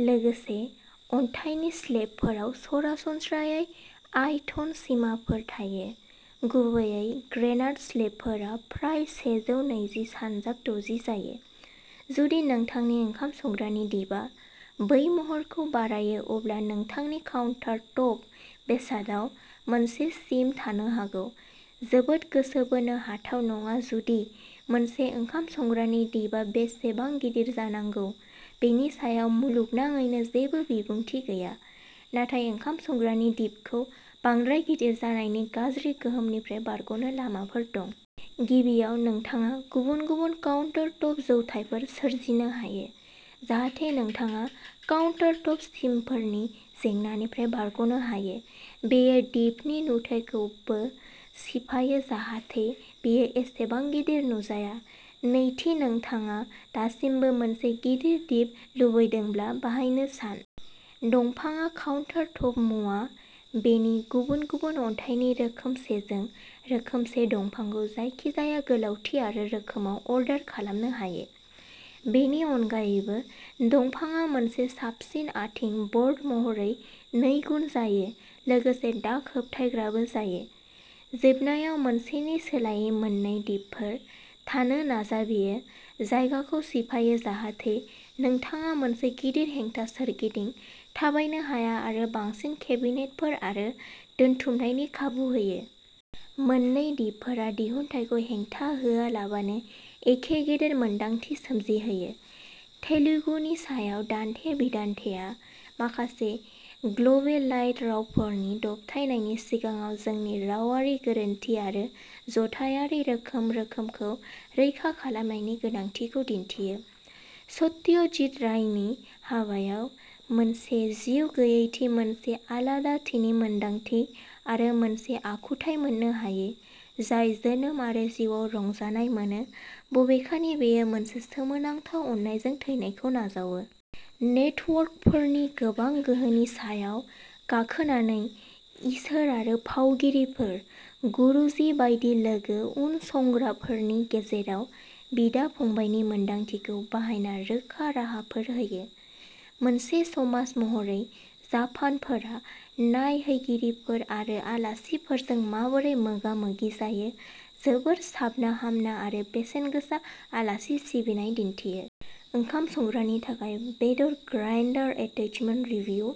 लोगोसे अन्थाइनि स्लेबफोराव सरासनस्रायै आयतन सिमाफोर थायो गुबैयै ग्रेनाइट स्लेबफोरा प्राय सेजौ नैजि सानजाब दजि जायो। जुदि नोंथांनि ओंखाम संग्रानि दिपआ बै महरखौ बारायो अब्ला नोंथांनि काउन्टारटप बेसादाव मोनसे सिम थानो हागौ जोबोद गोसो बोनो हाथाव नङा जुदि मोनसे ओंखाम संग्रानि दिपआ बेसेबां गिदिर जानांगौ बेनि सायाव मुलुगनाङैनो जेबो बिबुंथि गैया नाथाय ओंखाम संग्रानि दिपखौ बांद्राय गिदिर जानायनि गाज्रि गोहोमनिफ्राय बारग'नो लामाफोर दं। गिबियाव नोंथाङा गुबुन गुबुन काउन्टार टप जौथायफोर सोरजिनो हायो जाहाथे नोंथाङा काउन्टारटप सिमफोरनि जेंनानिफ्राय बारग'नो हायो बेयो दिपनि नुथायखौ बो सिफायो जाहाथे बेयो एसेबां गिदिर नुजाया। नैथि नोंथाङा दासिमबो मोनसे गिदिर दिप लुबैदोंब्ला बाहायनो सान। दंफांआ काउन्टारटप मुवा। बेनि गुबुन गुबुन अन्थाइनि रोखोमसेजों रोखोमसे दंफांखौ जायखिजाया गोलावथि आरो रोखोमाव अर्डार खालामनो हायो। बेनि अनगायैबो दंफांआ मोनसे साबसिन आटिं ब'र्ड महरै नैगुन जायो लोगोसे दाग होबथाग्राबो जायो। जोबनायाव मोनसेनि सोलायै मोन्नै दिपफोर थानो नाजा बेयो जायगाखौ सिफायो जाहाथे नोंथाङा मोनसे गिदिर हेंथा सोरगिदिं थाबायनो हाया आरो बांसिन केबिनेटफोर आरो दोनथुमनायनि खाबु होयो। मोन्नै दिपफोरा दिहुनथायखौ हेंथा होआलाबानो एखे गेदेर मोन्दांथि सोमजिहोयो। तेलुगुनि सायाव दान्थे बिदान्थेया माखासे ग्लबेलाइज्ड रावफोरनि दबथायनायनि सिगाङाव जोंनि रावारि गोरोनथि आरो जथायारि रोखोम रोखोमखौ रैखा खालामनायनि गोनांथिखौ दिन्थियो। सत्यजीत रायनि हाबायाव मोनसे जिउगैयैथि मोनसे आलादाथिनि मोनदांथि आरो मोनसे आखुथाय मोननो हायो जाय जोनोम आरो जिउआव रंजानाय मोनो बबेखानि बेयो मोनसे सोमोनांथाव अननायजों थैनायखौ नाजावो। नेटवर्कफोरनि गोबां गोहोनि सायाव गाखोनानै इसोर आरो फावगिरिफोर। गुरुजि बायदि लोगो उनसंग्राफोरनि गेजेराव बिदा फंबायनि मोन्दांथिखौ बाहायना रोखा राहाफोर होयो। मोनसे समाज महरै जापानफोरा नायहैगिरिफोर आरो आलासिफोरजों माबोरै मोगा मोगि जायो जोबोद साबनाहामना आरो बेसेनगोसा आलासि सिबिनाय दिन्थियो। ओंखाम संग्रानि थाखाय बेदर ग्राइन्डार एटेचमेन्ट रिभिउ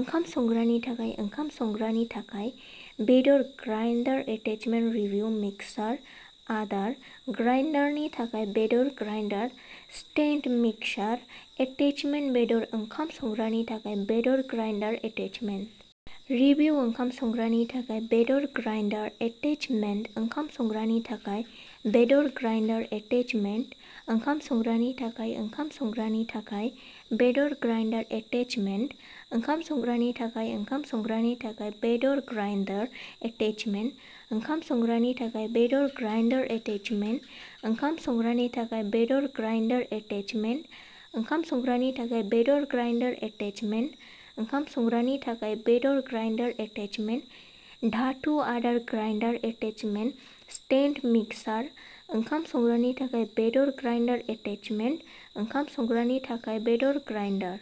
ओंखाम संग्रानि थाखाय ओंखाम संग्रानि थाखाय बेदर ग्राइन्डार एटेचमेन्ट रिभिउ मिक्सार आदार ग्राइन्डारनि थाखाय बेदर ग्राइन्डार स्टेन्ड मिक्सार एटेचमेन्ट बेदर ओंखाम संग्रानि थाखाय बेदर ग्राइन्डार एटेचमेन्ट रिभिउ ओंखाम संग्रानि थाखाय बेदर ग्राइन्डार एटेचमेन्ट ओंखाम संग्रानि थाखाय बेदर ग्राइन्डार एटेचमेन्ट ओंखाम संग्रानि थाखाय ओंखाम संग्रानि थाखाय बेदर ग्राइन्डार एटेचमेन्ट ओंखाम संग्रानि थाखाय ओंखाम संग्रानि थाखाय बेदर ग्राइन्डार एटेचमेन्ट ओंखाम संग्रानि थाखाय बेदर ग्राइन्डार एटेचमेन्ट ओंखाम संग्रानि थाखाय बेदर ग्राइन्डार एटेचमेन्ट ओंखाम संग्रानि थाखाय बेदर ग्राइन्डार एटेचमेन्ट ओंखाम संग्रानि थाखाय बेदर ग्राइन्डार एटेचमेन्ट धातु आदार ग्राइन्डार एटेचमेन्ट स्टेन्ड मिक्सार ओंखाम संग्रानि थाखाय बेदर ग्राइन्डार एटेचमेन्ट ओंखाम संग्रानि थाखाय बेदर ग्राइन्डार।